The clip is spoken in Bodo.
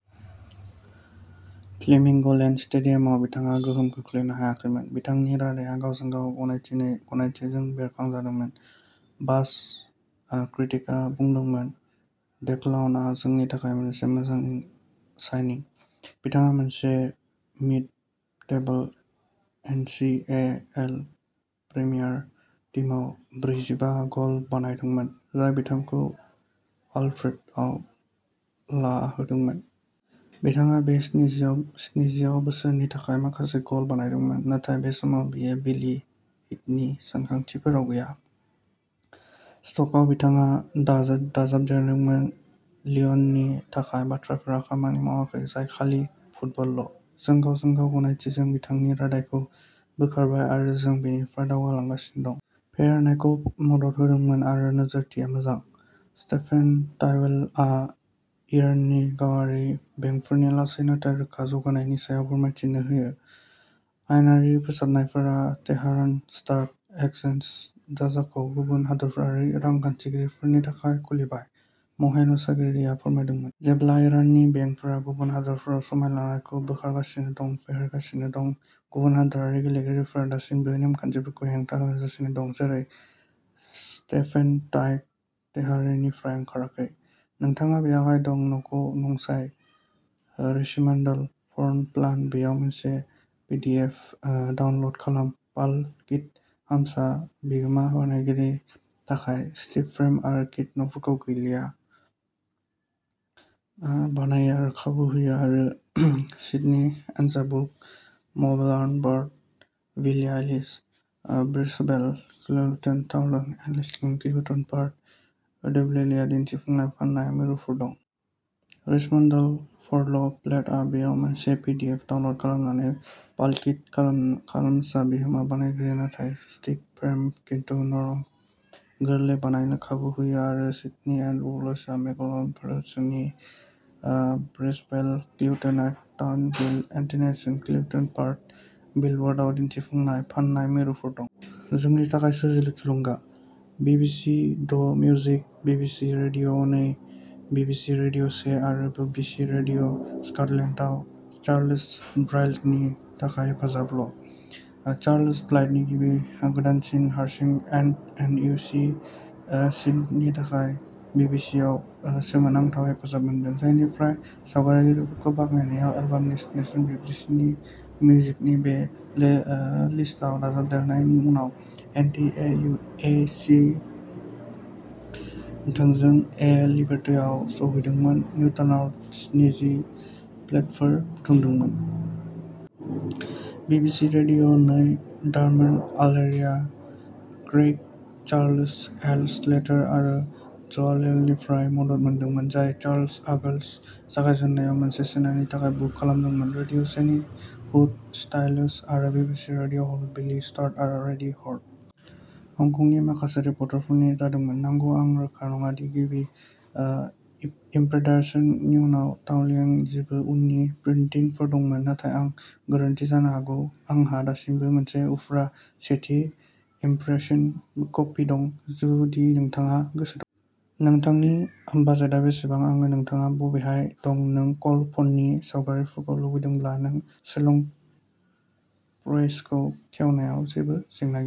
फ्लेमिंग'लेन्ड स्टेडियामाव बिथाङा गोहोम खोख्लैनो हायाखैमोन। बिथांनि रादाइया गावजों-गाव गनायथिजों बोखारजादोंमोन। बस किट्रिकआ बुंदोंमोन डेक्लानआ जोंनि थाखाय मोनसे मोजां साइनिं। बिथाङा मोनसे mid table N C E L premier टीमआव ब्रैजिबा गल बानायदोंमोन, जाय बिथांखौ अल्फ्रेटनआव लांहोदोंमोन। बिथाङा बे सिजनआव बिसोरनि थाखाय माखासे गल बानायदोंमोन, नाथाय बे समाव बियो बिली हीथनि सानथांखिफोराव गैया। स्कटआव बिथाङा दाजाबदेरदोंमोन लिय'ननि थाखाय बाथ्राफोरा खामानि मावाखै, जाय खालि फुटबलल'। जों गावजों-गाव गनायथिजों बिथांनि रादाइखौ बोखारबाय आरो जों बेनिफ्राय दावगालांगासिनो दं। फेहेरनायखौ मदद होदोंमोन आरो नोजोरथिया मोजां। स्टेफेन टाइमवेलआ इराननि गावारि बेंकफोरनि लासै नाथाय रोखा जौगानायनि सायाव फोरमायथि होयो। आयेनारि फोसाबनायफोरा तेहरान स्टक एक्सचेन्जनि दरजाखौ गुबुन हादोरारि रां खाथायगिरिफोरनि थाखाय खुलिबाय, महसेन असगारिआ फोरमायदोंमोन। जेब्ला इराननि बेंकफोरा गुबुन हादोरफोराव सामलायनायखौ बोखारगासिनो आरो फेहेरगासिनो दं, गुबुन हादोरारि गेलेगिरिफोरा दासिमबो नेमखान्थिजों हेंथा होजागासिनो दं, जेरै स्टेफेन टाइमवेल। तेहराननिफ्राय खौरांफोर। नोंथाङा बेवहाय दं न'गासै न' साजायनाय रिचमन्ड फ्ल'र प्लान-बेयाव मोनसे पिडिएफ डाउनल'ड खालाम-पाल किट ह'म्सआ बिगोमा बानायग्रानि थाखाय स्टिल फ्रेम किट न'फोरखौ गोरलैयै बानायनो खाबु होयो आरो Sydney NSW, Melbourne VIC, Brisbane QLD, Townsville NTH QLD, Perth डब्लिउएआव दिन्थिफुंनाय फान्नाय मिरुफोर दं। रिचमन्ड फ्ल'र प्लेन-बेयाव मोनसे पिडिएफ डाउनल'ड खालाम-पाल किट ह'म्सआ बिगोमा बानायग्रानि थाखाय स्टिल फ्रेम किट न'फोरखौ गोरलैयै बानायनो खाबु होयो आरो Sydney NSW, Melbourne VIC, Brisbane QLD, Townsville NTH QLD, Perth डब्लिउएआव दिन्थिफुंनाय/फान्नाय मिरुफोर दं। जोंनि थाखाय सोरजिलु थुलुंगा। BBC the' music, BBC radio' नै, बिबिसि रेडिय' से आरो बिबिसि रेडिय'स्कटलेन्डआव चार्ल्स ब्रेडलिनि थाखाय हेफाजाब! चार्ल्स ब्रेडलिआ गावनि गोदानसिन हारसिं'एइन्ट इट ए सिन'नि थाखाय बिबिसिआव सोमोनांथाव हेफाजाब मोनदों, जायनिफ्राय सावरायगिरिफोरजों बाख्नायजानाय एलबाम'चेन्जस' बिबिसि द' मिउजिकनि बि लिस्टआव दाजाबदेरजानायनि उनाव, एइन्ट इट ए सिनआ थोंजों ए लिस्टआव सौहैदोंमोन, नेटवर्कआव स्निजिसे प्लेफोर बुथुमदोंमोन। बिबिसि रेडिय' नै नि Dermot O'Leary, Craig Charles, Alex Lester आरो ज'व्हाइलीनिफ्रायबो मदद मोनदोंमोन, जाय चार्ल्सखौ आगस्तनि जागायजेन्नायाव मोनसे सेसननि थाखाय बुक खालामदोंमोन, रेडिय' से नि हुव स्टीफेन्स आरो बिबिसि रेडिय'स्कटलेन्डनि बिली स्ल'न आरो रडी हार्ट। हंकंनि माखासे रिप्रिन्टफोर जादोंमोन, नंगौ आं रोखा नङा दि गिबि इम्प्रेशननि उनाव इटालियाव जेबो उननि प्रिन्टिंफोर दंमोन, नाथाय आं गोरोन्थि जानो हागौ। आंहा दासिमबो मोनसे उफ्रा सेथि इम्प्रेशन कपि दं, जुदि नोंथाङा गोसो दं। नोंथांनि बाजेटआ बेसेबां आरो नोंथाङा बबेहाय दं नों कल फननि सावगारिफोर लुबैदोंब्ला आं श्रिंकव्रेपखौ खेवनायाव जेबो जेंना गैया।